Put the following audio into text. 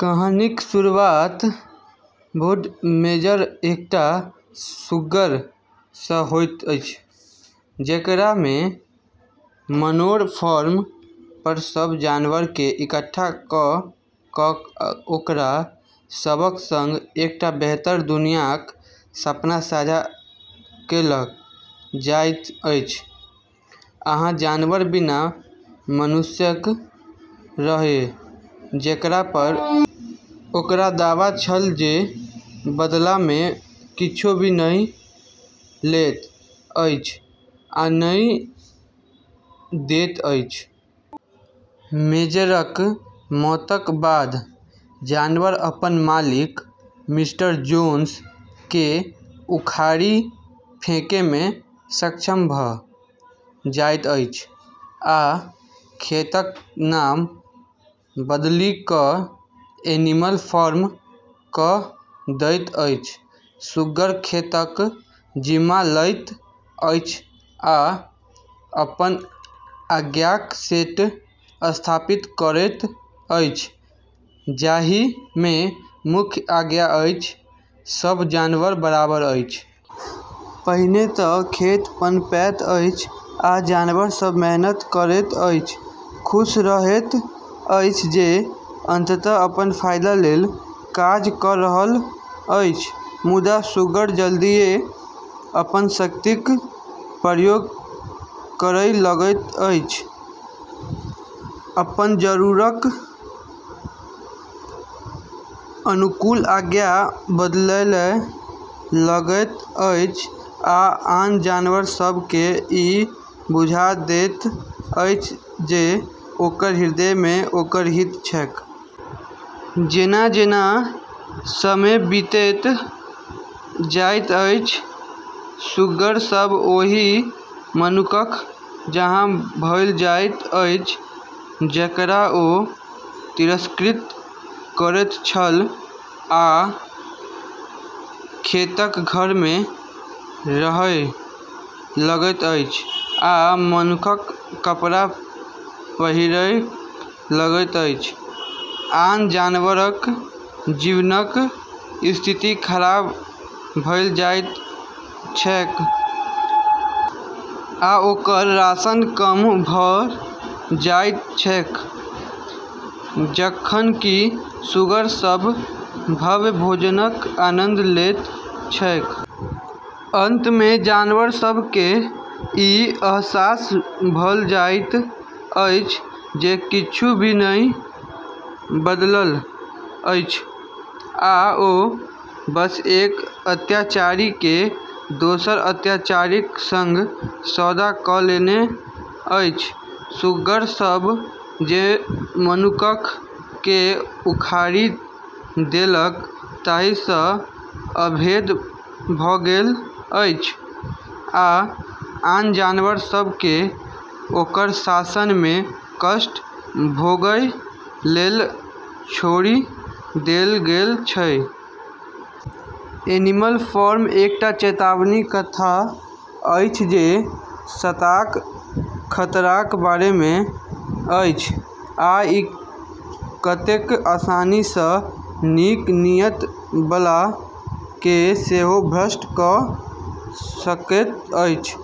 कहानीक शुरुआत बूढ़ मेजर, एकटा सुग्गर सँ होइत अछि, जेकरा मे मनोर फार्म पर सभ जानवर केँ इकट्ठा कऽ कऽ ओकरा सभक सँग एकटा बेहतर दुनियाक सपना साझा कएल जाइत अछि, जहाँ जानवर बिना मनुष्यक रहए, जेकरा पर ओकर दावा छल जे बदला मे किछु भी नहि लैत अछि आ नहि दैत अछि। मेजरक मौतक बाद जानवर अपन मालिक मिस्टर जोन्स केँ उखाड़ि फेंकै मे सक्षम भऽ जाइत अछि आ खेतक नाम बदलि कऽ एनिमल फार्म कऽ दैत अछि। सुग्गर खेतक जिम्मा लैत अछि आ अपन आज्ञाक सेट स्थापित करैत अछि, जाहि मे मुख्य आज्ञा अछि, "सभ जानवर बराबर अछि"। पहिने तँ खेत पनपैत अछि, आ जानवर सभ मेहनत करैत अछि, खुश रहैत अछि जे अंततः अपन फायदा लेल काज कऽ रहल अछि। मुदा, सुग्गर जल्दिये अपन शक्तिक प्रयोग करय लगैत अछि, अपन जरूरतक अनुकूल आज्ञा बदलय लगैत अछि आ आन जानवर सभ केँ ई बुझा दैत अछि जे ओकर हृदय मे ओकर हित छैक। जेना-जेना समय बीतैत जाइत अछि, सुग्गर सभ ओहि मनुक्ख जकाँ भऽ जाइत अछि जकरा ओ तिरस्कृत करैत छल आ खेतक घर मे रहय लगैत अछि आ मनुक्खक कपड़ा पहिरय लगैत अछि। आन जानवरक जीवनक स्थिति खराब भऽ जाइत छैक, आ ओकर राशन कम भऽ जाइत छैक जखन कि सुग्गर सभ भव्य भोजनक आनंद लैत छैक। अंत मे जानवर सभ केँ ई अहसास भऽ जाइत अछि जे किछु भी नहि बदलल अछि आ ओ बस एक अत्याचारी केँ दोसर अत्याचारीक सँग सौदा कऽ लेने अछि। सुग्गर सभ जे मनुक्ख केँ उखाड़ि देलक ताहि सँ अभेद्य भऽ गेल अछि, आ आन जानवर सभ केँ ओकर शासन मे कष्ट भोगय लेल छोड़ि देल गेल अछि। एनिमल फार्म एकटा चेतावनी कथा अछि जे सत्ताक खतराक बारे मे अछि आ ई कतेक आसानी सँ नीक नीयत बला केँ सेहो भ्रष्ट कऽ सकैत अछि।